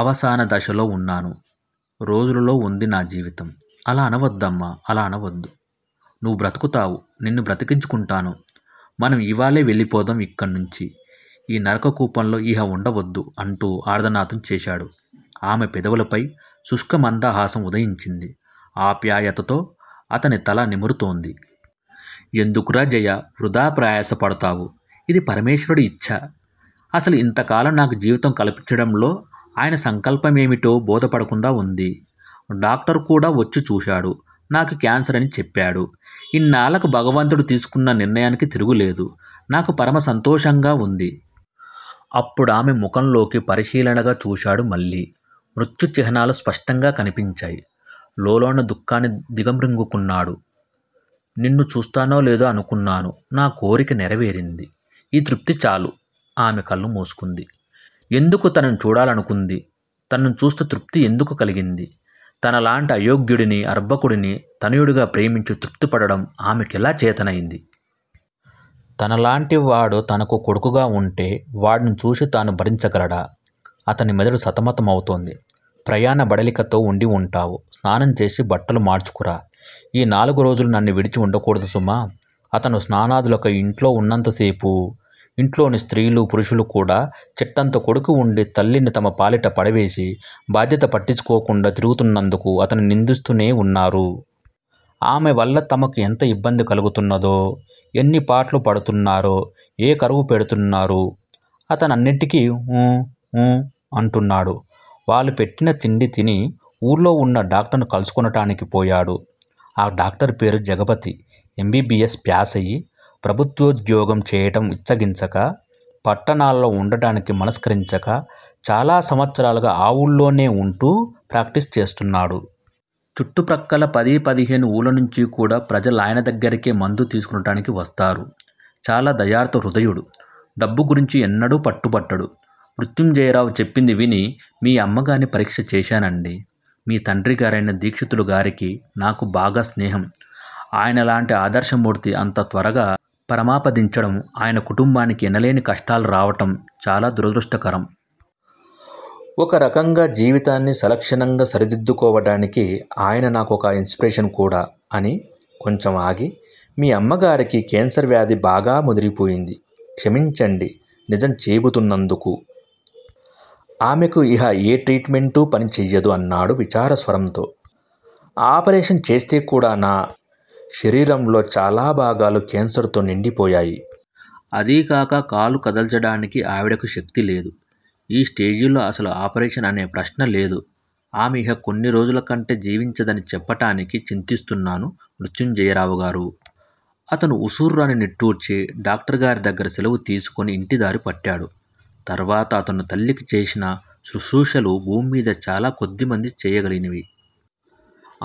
అవసానదశలో వున్నాను. రోజులలో వుంది నా జీవితం. అలా అనవద్దమ్మా. అలా అనవద్దు. నువ్వు బ్రతుకుతావు. నిన్ను బ్రతికించుకుంటాను. మనం యివాళే వెళ్ళిపోదాం యిక్కడ్నుంచి, ఈ నరక కూపంలో యిహ వుండవద్దు అంటూ ఆర్తనాదం చేశాడు. ఆమె పెదవులపై శుష్కమందహాసం ఉదయించింది. ఆప్యాయతతో అతని తల నిమురుతోంది. ఎందుకురా జయా! వృధా ప్రయాస పడతావు? ఇది పరమేశ్వరుడి యిచ్ఛ. అసలు యింతకాలం నాకు జీవితం కల్పించటంలో ఆయన సంకల్పమేమిటో బోధపడకుండా వుంది. డాక్టరుకూడా వచ్చి చూశాడు. నాకు క్యాన్సర్ అని చెప్పాడు. ఇన్నాళ్ళకు భగవంతుడు తీసుకున్న నిర్ణయానికి తిరుగులేదు. నాకు పరమ సంతోషంగా వుంది. అప్పుడామె ముఖంలోకి పరిశీలనగా చూశాడు మళ్ళీ. మృత్యుచిహ్నాలు స్పష్టంగా కనిపించాయి. లోలోన దుఃఖాన్ని దిగమ్రింగుకున్నాడు. నిన్ను చూస్తానోలేదో అనుకున్నాను. నా కోరిక నెరవేరింది. ఈ తృప్తిచాలు ఆమె కళ్ళు మూసుకుంది. ఎందుకు తనని చూడాలనుకుంది? తనని చూస్తే తృప్తి ఎందుకు కలిగింది? తనలాంటి అయోగ్యుడిని, అర్భకుడిని తనయుడిగా ప్రేమించి, తృప్తిపడటం ఆమెకెలా చేతనైంది? తనలాంటివాడు తనకు కొడుకుగా వుంటే వాడిని చూసి తను భరించగలడా? అతని మెదడు సతమతమవుతోంది. ప్రయాణ బడలికతో ఉండివుంటావు. స్నానంచేసి బట్టలు మార్చుకూరా. ఈ నాలుగురోజులూ నన్ను విడిచి వుండకూడదు సుమా. అతను స్నానాదులకై యింట్లో వున్నంతసేపూ యింట్లోని స్త్రీలూ, పురుషులూ కూడా చెట్టంత కొడుకు వుండి, తల్లిని తమపాలిట పడవేసి, బాధ్యత పట్టించుకోకుండా తిరుగుతున్నందుకు అతన్ని నిందిస్తూనే వున్నారు. ఆమెవల్ల తమకు ఎంత యిబ్బంది కలుగుతున్నదో, యెన్ని పాట్లు పడుతున్నారో ఏకరువు పెడుతున్నారు. అతనన్నిటికి ఊఁ, ఊఁ అంటున్నాడు. వాళ్ళు పెట్టిన తిండి తిని ఊళ్ళో వున్న డాక్టర్ని కలుసుకొనటానికి పోయాడు. ఆ డాక్టరుపేరు Jagapathi. M. B. B. S. ప్యాసయి, ప్రభుత్వోద్యోగం చేయటం యిచ్ఛగించక పట్టణాలలో వుండటానికి మనస్కరించక చాలా సంవత్సరాలుగా ఆ వూళ్ళోనే వుంటూ ప్రాక్టీసు చేస్తున్నాడు. చుట్టుప్రక్కల పది పదిహేను ఊళ్ళనుంచికూడా ప్రజలాయన దగ్గరకే మందు తీసుకొనటానికి వస్తారు. చాలా దయార్ద్రహృదయుడు. డబ్బుగురించి ఎన్నడూ పట్టుబట్టడు. మృత్యుంజయరావు చెప్పింది విని మీ అమ్మగార్ని పరీక్ష చేశానండీ. మీ తండ్రిగారైన దీక్షితులుగారికీ నాకూ బాగా స్నేహం ఆయనలాంటి ఆదర్శమూర్తి అంత త్వరగా పరమపదించటం, ఆయన కుటుంబానికి ఎనలేని కష్టాలు రావటం చాలా దురదృష్టకరం. ఒకరకంగా జీవితాన్ని సలక్షణంగా సరిదిద్దుకోవటానికి ఆయన నాకు ఒక యిన్స్పిరేషన్ కూడా అని కొంచెం ఆగి మీ అమ్మగారికి కేన్సర్ వ్యాధి బాగా ముదిరిపోయింది. క్షమించండి నిజం చేబుతూన్నందుకు. ఆమెకు యిహ ఏ ట్రీట్ మెంటూ పనిచెయ్యదు అన్నాడు విచారస్వరంతో. ఆపరేషన్ చేస్తేకూడానా? శరీరంలో చాలాభాగాలు కేన్సర్ తో నిండిపోయాయి. అదీగాక కాలు కదల్చటానికి ఆవిడకు శక్తిలేదు. ఈ స్టేజిలో అసలు ఆపరేషన్ అనే ప్రశ్నలేదు. ఆమె యిహ కొన్నిరోజులకంటే జీవించదని చెప్పటానికి చింతిస్తున్నాను మృత్యుంజయరావుగారూ! అతను ఉస్సురని నిట్టూర్చి, డాక్టరుగారిదగ్గర సెలవు తీసుకుని యింటిదారి పట్టాడు. తర్వాత అతను తల్లికి చేసిన శుశ్రూషలు భూమ్మీద చాలా కొద్దిమంది చేయగలిగినవి.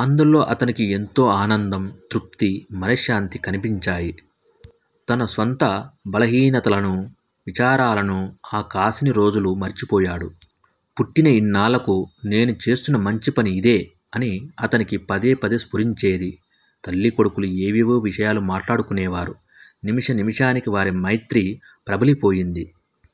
అందులో అతనికి ఎంతో అనందం, తృప్తీ, మనశ్శాంతీ కనిపించాయి. తన స్వంత బలహీనతలనూ, విచారాలనూ ఆ కాసిని రోజులూ మరిచిపోయాడు. పుట్టిన యిన్నాళ్ళకు 'నేను చేస్తూన్న మంచిపని యిదే' అని అతనికి పదే పదే స్పురించేది. తల్లీకొడుకులు ఏవేవో విషయాలు మాట్లాడుకునేవారు. నిమిష నిమిషానికీ వారి మైత్రి ప్రబలిపోయింది.